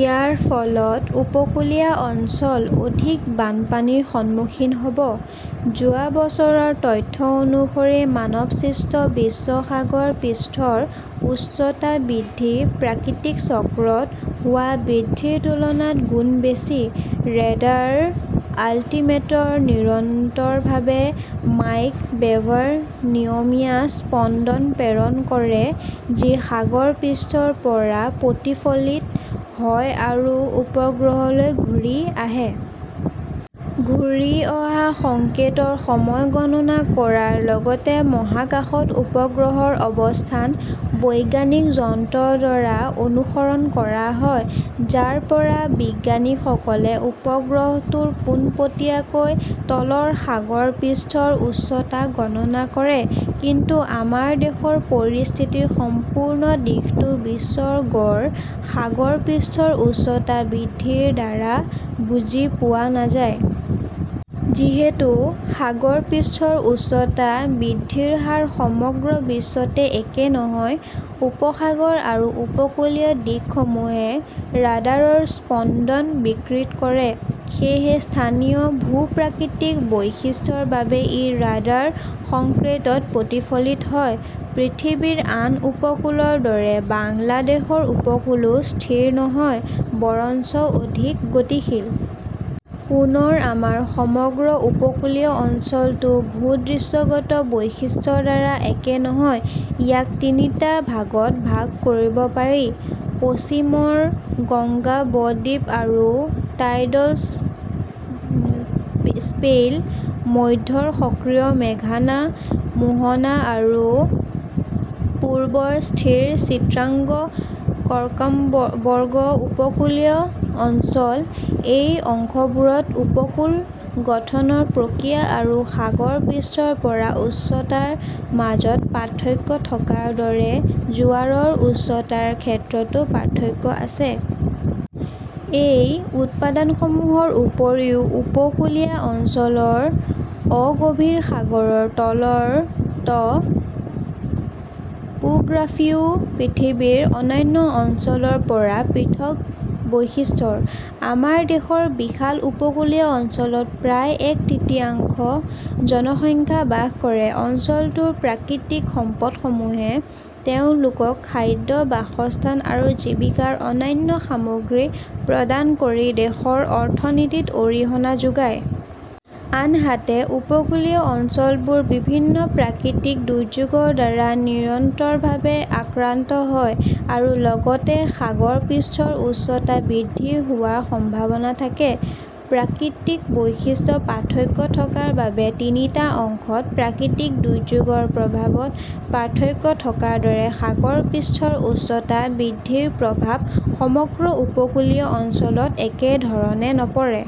ইয়াৰ ফলত উপকূলীয় অঞ্চল অধিক বানপানীৰ সন্মুখীন হ'ব। যোৱা বছৰৰ তথ্য অনুসৰি মানৱসৃষ্ট বিশ্ব সাগৰ পৃষ্ঠৰ উচ্চতা বৃদ্ধি প্ৰাকৃতিক চক্ৰত হোৱা বৃদ্ধিৰ তুলনাত গুণ বেছি। ৰেডাৰ অলটিমিটাৰে নিৰন্তৰভাৱে মাইক্ৰ' ৱেভৰ নিয়মীয়া স্পন্দন প্ৰেৰণ কৰে যি সাগৰ পৃষ্ঠৰ পৰা প্ৰতিফলিত হয় আৰু উপগ্ৰহলৈ ঘূৰি আহে। ঘূৰি অহা সংকেতৰ সময় গণনা কৰাৰ লগতে মহাকাশত উপগ্ৰহৰ অৱস্থান বৈজ্ঞানিক যন্ত্ৰৰ দ্বাৰা অনুসৰণ কৰা হয়, যাৰ পৰা বিজ্ঞানীসকলে উপগ্ৰহটোৰ পোনপটীয়াকৈ তলৰ সাগৰ পৃষ্ঠৰ উচ্চতা গণনা কৰে। কিন্তু আমাৰ দেশৰ পৰিস্থিতিৰ সম্পূৰ্ণ দিশটো বিশ্বৰ গড় সাগৰ পৃষ্ঠৰ উচ্চতা বৃদ্ধিৰ দ্বাৰা বুজি পোৱা নাযায়। যিহেতু সাগৰ পৃষ্ঠৰ উচ্চতা বৃদ্ধিৰ হাৰ সমগ্ৰ বিশ্বতে একে নহয়, উপসাগৰ আৰু উপকূলীয় দ্বীপসমূহে ৰাডাৰৰ স্পন্দন বিকৃত কৰে। সেয়েহে স্থানীয় ভূ-প্ৰাকৃতিক বৈশিষ্ট্যৰ বাবে ই ৰাডাৰ সংকেতত প্ৰতিফলিত হয়। পৃথিৱীৰ আন উপকূলৰ দৰে বাংলাদেশৰ উপকূলও স্থিৰ নহয়, বৰঞ্চ অধিক গতিশীল। পুনৰ আমাৰ সমগ্ৰ উপকূলীয় অঞ্চলটো ভূ-দৃশ্যগত বৈশিষ্ট্যৰ দ্বাৰা একে নহয়। ইয়াক তিনিটা ভাগত ভাগ কৰিব পাৰিঃ পশ্চিমৰ গংগা ব-দ্বীপ আৰু টাইডল প্লেইন, মধ্যৰ সক্ৰিয় মেঘনা মোহনা, আৰু পূবৰ স্থিৰ চিটাগং-কক্সবৰ্গ উপকূলীয় অঞ্চল। এই অংশবোৰত উপকূল গঠনৰ প্ৰক্ৰিয়া আৰু সাগৰ পৃষ্ঠৰ পৰা উচ্চতাৰ মাজত পাৰ্থক্য থকাৰ দৰে জোৱাৰৰ উচ্চতাৰ ক্ষেত্ৰতো পাৰ্থক্য আছে। এই উপাদানসমূহৰ উপৰিও, উপকূলীয় অঞ্চলৰ অগভীৰ সাগৰৰ তলৰ ট 'পোগ্ৰাফীও পৃথিৱীৰ অন্যান্য অঞ্চলৰ পৰা পৃথক বৈশিষ্ট্যৰ। আমাৰ দেশৰ বিশাল উপকূলীয় অঞ্চলত প্ৰায় এক তৃতীয়াংশ জনসংখ্যা বাস কৰে। অঞ্চলটোৰ প্ৰাকৃতিক সম্পদসমূহে তেওঁলোকক খাদ্য, বাসস্থান আৰু জীৱিকাৰ অন্যান্য সামগ্ৰী প্ৰদান কৰি দেশৰ অৰ্থনীতিত অৰিহণা যোগায়। আনহাতে, উপকূলীয় অঞ্চলবোৰ বিভিন্ন প্ৰাকৃতিক দুৰ্যোগৰ দ্বাৰা নিৰন্তৰভাৱে আক্ৰান্ত হয়, আৰু লগতে সাগৰ পৃষ্ঠৰ উচ্চতা বৃদ্ধি হোৱাৰ সম্ভাৱনা থাকে। প্ৰাকৃতিক বৈশিষ্ট্যত পাৰ্থক্য থকাৰ বাবে তিনিটা অংশত প্ৰাকৃতিক দুৰ্যোগৰ প্ৰভাৱত পাৰ্থক্য থকাৰ দৰে, সাগৰ পৃষ্ঠৰ উচ্চতা বৃদ্ধিৰ প্ৰভাৱ সমগ্ৰ উপকূলীয় অঞ্চলত একে ধৰণে নপৰে।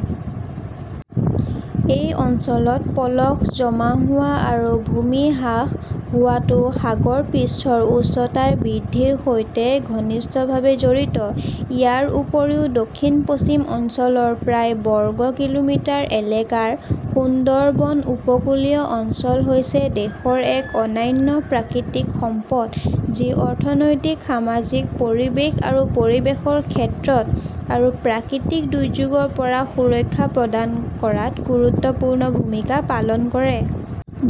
এই অঞ্চলত পলস জমা হোৱা আৰু ভূমি হ্ৰাস হোৱাটো সাগৰ পৃষ্ঠৰ উচ্চতা বৃদ্ধিৰ সৈতে ঘনিষ্ঠভাৱে জড়িত। ইয়াৰ উপৰিও, দক্ষিণ-পশ্চিম অঞ্চলৰ প্ৰায়, বৰ্গ কিলোমিটাৰ এলেকাৰ সুন্দৰবন উপকূলীয় অঞ্চল হৈছে দেশৰ এক অনন্য প্ৰাকৃতিক সম্পদ যি অৰ্থনৈতিক, সামাজিক, পৰিৱেশ আৰু পৰিৱেশৰ ক্ষেত্ৰত আৰু প্ৰাকৃতিক দুৰ্যোগৰ পৰা সুৰক্ষা প্ৰদান কৰাত গুৰুত্বপূৰ্ণ ভূমিকা পালন কৰে।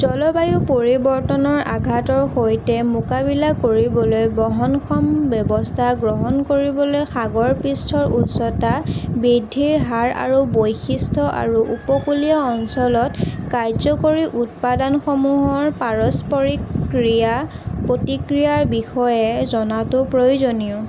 জলবায়ু পৰিৱৰ্তনৰ আঘাতৰ সৈতে মোকাবিলা কৰিবলৈ বহনক্ষম ব্যৱস্থা গ্ৰহণ কৰিবলৈ সাগৰ পৃষ্ঠৰ উচ্চতা বৃদ্ধিৰ হাৰ আৰু বৈশিষ্ট্য আৰু উপকূলীয় অঞ্চলত কাৰ্যকৰী উপাদানসমূহৰ পাৰস্পৰিক ক্ৰিয়া-প্ৰতিক্ৰিয়াৰ বিষয়ে জনাটো প্ৰয়োজনীয়।